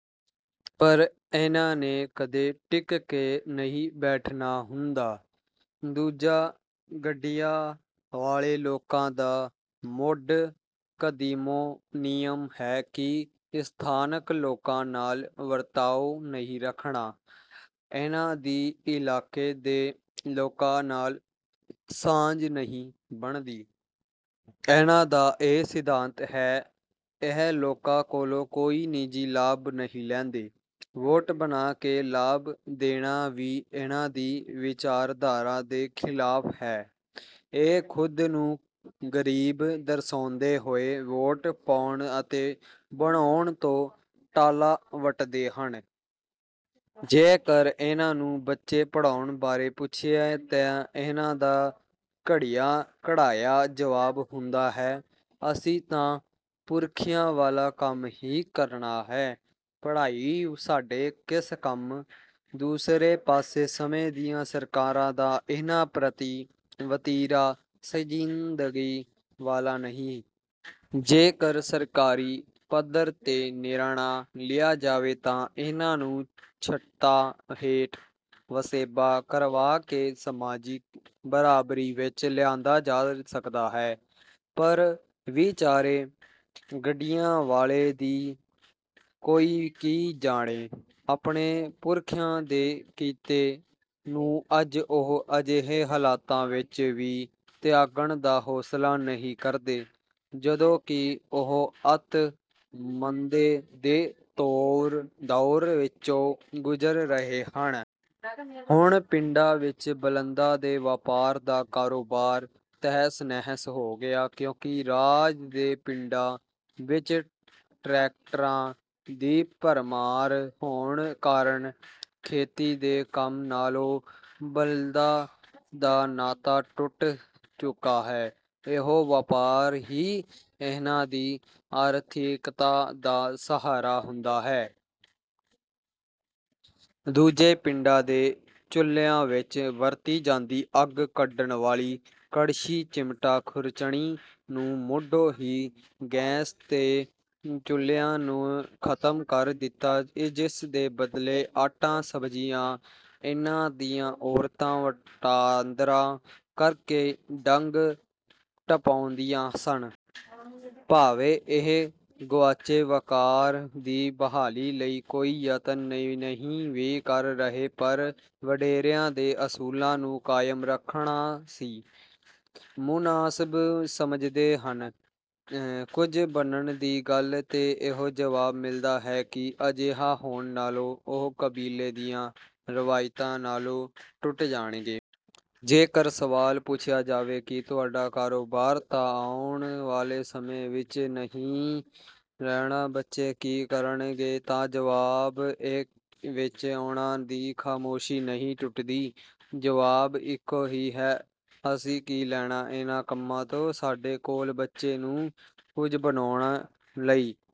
ਪਰ ਇਨ੍ਹਾਂ ਨੇ ਕਦੇ ਟਿਕ ਕੇ ਨਹੀਂ ਬੈਠਣਾ ਹੁੰਦਾ। ਦੂਜਾ ਗੱਡੀਆਂ ਵਾਲੇ ਲੋਕਾਂ ਦਾ ਮੁੱਢ ਕਦੀਮੋਂ ਨਿਯਮ ਹੈ ਕਿ ਸਥਾਨਕ ਲੋਕਾਂ ਨਾਲ ਵਰਤਾਓ ਨਹੀਂ ਰੱਖਣਾ। ਇਨ੍ਹਾਂ ਦੀ ਇਲਾਕੇ ਦੇ ਲੋਕਾਂ ਨਾਲ ਸਾਂਝ ਨਹੀਂ ਬਣਦੀ। ਇਨ੍ਹਾਂ ਦਾ ਇਹ ਸਿਧਾਂਤ ਹੈ। ਇਹ ਲੋਕਾਂ ਕੋਲੋਂ ਕੋਈ ਨਿੱਜੀ ਲਾਭ ਨਹੀਂ ਲੈਂਦੇ। ਵੋਟ ਬਣਾ ਕੇ ਲਾਭ ਦੇਣਾ ਵੀ ਇਨ੍ਹਾਂ ਦੀ ਵਿਚਾਰਧਾਰਾ ਦੇ ਖਿਲਾਫ਼ ਹੈ। ਇਹ ਖੁਦ ਨੂੰ ਗਰੀਬ ਦਰਸਾਉਂਦੇ ਹੋਏ ਵੋਟ ਪਾਉਣ ਅਤੇ ਬਣਾਉਣ ਤੋਂ ਟਾਲਾ ਵੱਟਦੇ ਹਨ। ਜੇਕਰ ਇਨ੍ਹਾਂ ਨੂੰ ਬੱਚੇ ਪੜ੍ਹਾਉਣ ਬਾਰੇ ਪੁੱਛੀਏ ਤਾਂ ਇਨ੍ਹਾਂ ਦਾ ਘੜਿਆ ਘੜਾਇਆ ਜਵਾਬ ਹੁੰਦਾ ਹੈ ਅਸੀਂ ਤਾਂ ਪੁਰਖਿਆਂ ਵਾਲਾ ਕੰਮ ਹੀ ਕਰਨਾ ਹੈ ਪੜ੍ਹਾਈ ਸਾਡੇ ਕਿਸ ਕੰਮ। ਦੂਸਰੇ ਪਾਸੇ ਸਮੇਂ ਦੀਆਂ ਸਰਕਾਰਾਂ ਦਾ ਇਨ੍ਹਾਂ ਪ੍ਰਤੀ ਵਤੀਰਾ ਸੰਜੀਦਗੀ ਵਾਲਾ ਨਹੀਂ। ਜੇਕਰ ਸਰਕਾਰੀ ਪੱਧਰ ਤੇ ਨਿਰਣਾ ਲਿਆ ਜਾਵੇ ਤਾਂ ਇਨ੍ਹਾਂ ਨੂੰ ਛੱਤਾਂ ਹੇਠ ਵਸੇਬਾ ਕਰਵਾ ਕੇ ਸਮਾਜਿਕ ਬਰਾਬਰੀ ਵਿੱਚ ਲਿਆਂਦਾ ਜਾ ਸਕਦਾ ਹੈ। ਪਰ ਵਿਚਾਰੇ ਗੱਡੀਆਂ ਵਾਲਿਆਂ ਦੀ ਕੋਈ ਕੀ ਜਾਣੇ। ਆਪਣੇ ਪੁਰਖਿਆਂ ਦੇ ਕਿੱਤੇ ਨੂੰ ਅੱਜ ਓ ਅਜਿਹੇ ਹਾਲਾਤਾਂ ਵਿੱਚ ਵੀ ਤਿਆਗਣ ਦਾ ਹੌਸਲਾ ਨਹੀਂ ਕਰਦੇ ਜਦੋਂ ਕਿ ਓ ਅਤਿ ਮੰਦੇ ਦੇ ਦੌਰ ਵਿੱਚੋਂ ਗੁਜ਼ਰ ਰਹੇ ਹਨ। ਹੁਣ ਪਿੰਡਾਂ ਵਿੱਚ ਬਲਦਾਂ ਦੇ ਵਪਾਰ ਦਾ ਕਾਰੋਬਾਰ ਤਹਿਸ ਨਹਿਸ ਹੋ ਗਿਆ ਕਿਉਂਕਿ ਰਾਜ ਦੇ ਪਿੰਡਾਂ ਵਿੱਚ ਟਰੈਕਟਰਾਂ ਦੀ ਭਰਮਾਰ ਹੋਣ ਕਾਰਨ ਖੇਤੀ ਦੇ ਕੰਮ ਨਾਲੋਂ ਬਲਦਾਂ ਦਾ ਨਾਤਾ ਟੁੱਟ ਚੁੱਕਾ ਹੈ। ਇਹੋ ਵਪਾਰ ਹੀ ਇਨ੍ਹਾਂ ਦੀ ਆਰਥਿਕਤਾ ਦਾ ਸਹਾਰਾ ਹੁੰਦਾ ਹੈ। ਦੂਜੇ ਪਿੰਡਾਂ ਦੇ ਚੁੱਲ੍ਹਿਆਂ ਵਿੱਚ ਵਰਤੀ ਜਾਂਦੀ ਅੱਗ ਕੱਢਣ ਵਾਲੀ ਕੜਛੀ ਚਿਮਟਾ ਖੁਰਚਣੀ ਨੂੰ ਮੁੱਢੋਂ ਹੀ ਗੈਸ ਦੇ ਚੁੱਲ੍ਹਿਆਂ ਨੂੰ ਖ਼ਤਮ ਕਰ ਦਿੱਤਾ ਜਿਸ ਦੇ ਬਦਲੇ ਆਟਾ ਸਬਜ਼ੀਆਂ ਇਨ੍ਹਾਂ ਦੀਆਂ ਔਰਤਾਂ ਵਟਾਂਦਰਾ ਕਰਕੇ ਡੰਗ ਟਪਾਉਂਦੀਆਂ ਸਨ। ਭਾਵੇਂ ਇਹ ਗੁਆਚੇ ਵਕਾਰ ਦੀ ਬਹਾਲੀ ਲਈ ਕੋਈ ਯਤਨ ਨਹੀਂ ਵੀ ਕਰ ਰਹੇ ਪਰ ਵਡੇਰਿਆਂ ਦੇ ਅਸੂਲਾਂ ਨੂੰ ਕਾਇਮ ਰੱਖਣਾ ਸੀ ਮੁਨਾਸਬ ਸਮਝਦੇ ਹਨ। ਕੁਝ ਬਣਨ ਦੀ ਗੱਲ ਤੇ ਇਹੋ ਜਵਾਬ ਮਿਲਦਾ ਹੈ ਕਿ ਅਜਿਹਾ ਹੋਣ ਨਾਲ ਓਹ ਕਬੀਲੇ ਦੀਆਂ ਰਵਾਇਤਾਂ ਨਾਲੋਂ ਟੁੱਟ ਜਾਣਗੇ। ਜੇਕਰ ਸਵਾਲ ਪੁੱਛਿਆ ਜਾਵੇ ਕਿ ਤੁਹਾਡਾ ਕਾਰੋਬਾਰ ਤਾਂ ਆਉਣ ਵਾਲੇ ਸਮੇਂ ਵਿੱਚ ਨਹੀਂ ਰਹਿਣਾ ਬੱਚੇ ਕੀ ਕਰਨਗੇ ਤਾਂ ਜਵਾਬ ਇੱਕ ਵਿੱਚ ਓਣਾ ਦੀ ਖਾਮੋਸ਼ੀ ਨਹੀਂ ਟੁੱਟਦੀ। ਜਵਾਬ ਇੱਕੋ ਹੀ ਹੈ ਅਸੀਂ ਕੀ ਲੈਣਾ ਇਨ੍ਹਾਂ ਕੰਮਾਂ ਤੋਂ। ਸਾਡੇ ਕੋਲ ਬੱਚੇ ਨੂੰ ਕੁਝ ਬਣਾਓਣਾ ਲਈ